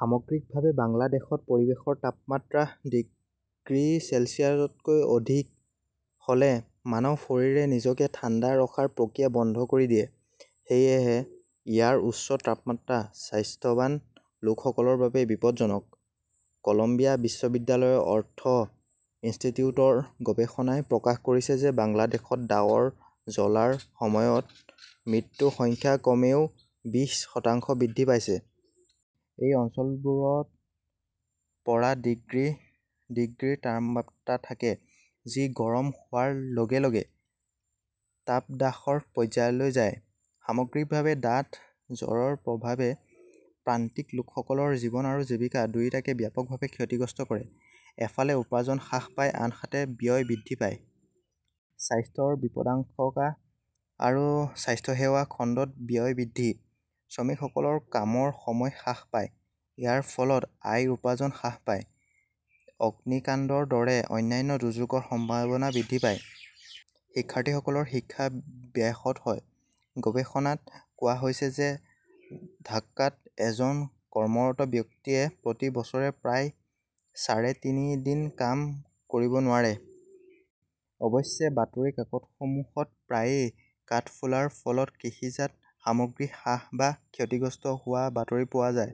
সামগ্ৰিকভাৱে বাংলাদেশত, পৰিৱেশৰ তাপমাত্ৰা ডিগ্ৰী চেলছিয়াছতকৈ অধিক হ 'লে মানৱ শৰীৰে নিজকে ঠাণ্ডা ৰখাৰ প্ৰক্ৰিয়া বন্ধ কৰি দিয়ে। সেয়েহে, ইয়াৰ উচ্চ তাপমাত্ৰা স্বাস্থ্যৱান লোকসকলৰ বাবে বিপদজনক। কলম্বিয়া বিশ্ববিদ্যালয়ৰ অৰ্থ ইনষ্টিটিউটৰ গৱেষণাই প্ৰকাশ কৰিছে যে বাংলাদেশত ডাৱৰ জ্বলাৰ সময়ত মৃত্যুৰ সংখ্যা কমেও বিশ শতাংশ বৃদ্ধি পাইছে। এই অঞ্চলবোৰত ৰ পৰা ডিগ্ৰী ডিগ্ৰী তাপমাত্ৰা থাকে, যি গৰম হোৱাৰ লগে লগে তাপদাহৰ পৰ্যায়লৈ যায়। সামগ্ৰিকভাৱে, ডাঠ জ্বৰৰ প্ৰভাৱে প্ৰান্তিক লোকসকলৰ জীৱন আৰু জীৱিকা দুয়োটাকে ব্যাপকভাৱে ক্ষতিগ্ৰস্ত কৰে। এফালে উপাৰ্জন হ্ৰাস পায়, আনহাতে ব্যয় বৃদ্ধি পায়। স্বাস্থ্যৰ বিপদাশংকা আৰু স্বাস্থ্যসেৱা খণ্ডত ব্যয় বৃদ্ধি। শ্ৰমিকসকলৰ কামৰ সময় হ্ৰাস পায়। ইয়াৰ ফলত আয়-উপাৰ্জন হ্ৰাস পায়। অগ্নিকাণ্ডৰ দৰে অন্যান্য দুৰ্যোগৰ সম্ভাৱনা বৃদ্ধি পায়। শিক্ষাৰ্থীসকলৰ শিক্ষা ব্যাহত হয়। গৱেষণাত কোৱা হৈছে যে ডাক্কাত এজন কৰ্মৰত ব্যক্তিয়ে প্ৰতি বছৰে প্ৰায় চাৰে তিনি দিন কাম কৰিব নোৱাৰে। অৱশ্যে, বাতৰি কাকতসমূহত প্ৰায়ে কাঠফুলাৰ ফলত কৃষিজাত সামগ্ৰী হ্ৰাস বা ক্ষতিগ্ৰস্ত হোৱাৰ বাতৰি পোৱা যায়।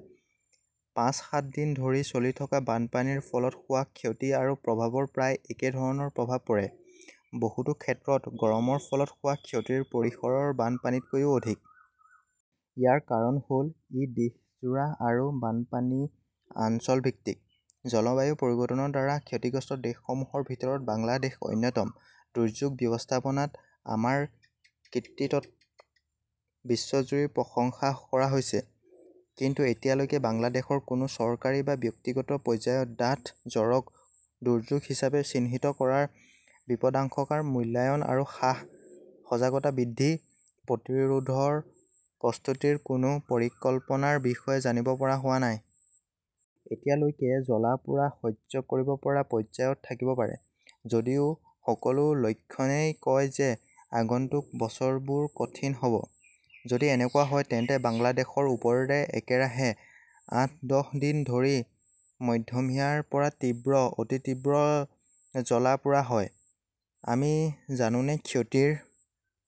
পাঁচ-সাত দিন ধৰি চলি থকা বানপানীৰ ফলত হোৱা ক্ষতি আৰু প্ৰভাৱৰ প্ৰায় একে ধৰণৰ প্ৰভাৱ পৰে। বহুতো ক্ষেত্ৰত, গৰমৰ ফলত হোৱা ক্ষতিৰ পৰিসৰ বানপানীতকৈও অধিক। ইয়াৰ কাৰণ হ "ল ই দেশজোৰা আৰু বানপানী অঞ্চলভিত্তিক। জলবায়ু পৰিৱৰ্তনৰ দ্বাৰা ক্ষতিগ্ৰস্ত দেশসমূহৰ ভিতৰত বাংলাদেশ অন্যতম। দুৰ্যোগ ব্যৱস্থাপনাত আমাৰ কৃতিত্বক বিশ্বজুৰি প্ৰশংসা কৰা হৈছে। কিন্তু এতিয়ালৈকে বাংলাদেশৰ কোনো চৰকাৰী বা ব্যক্তিগত পৰ্যায়ত ডাঠ জ্বৰক দুৰ্যোগ হিচাপে চিহ্নিত কৰাৰ বিপদাশংকাৰ মূল্যায়ন আৰু হ্ৰাস, সজাগতা বৃদ্ধি, প্ৰতিৰোধৰ প্ৰস্তুতিৰ কোনো পৰিকল্পনাৰ বিষয়ে জানিব পৰা হোৱা নাই। এতিয়ালৈকে জ্বলা-পোৰা সহ্য কৰিব পৰা পৰ্যায়ত থাকিব পাৰে। যদিও সকলো লক্ষণই কয় যে আগন্তুক বছৰবোৰ কঠিন হ 'ব। যদি এনেকুৱা হয়, তেন্তে বাংলাদেশৰ ওপৰেৰে একেৰাহে আঠ-দহ দিন ধৰি মধ্যমীয়াৰ পৰা তীব্ৰ, অতি-তীব্ৰ জ্বলা-পোৰা হয়, আমি জানোনে ক্ষতিৰ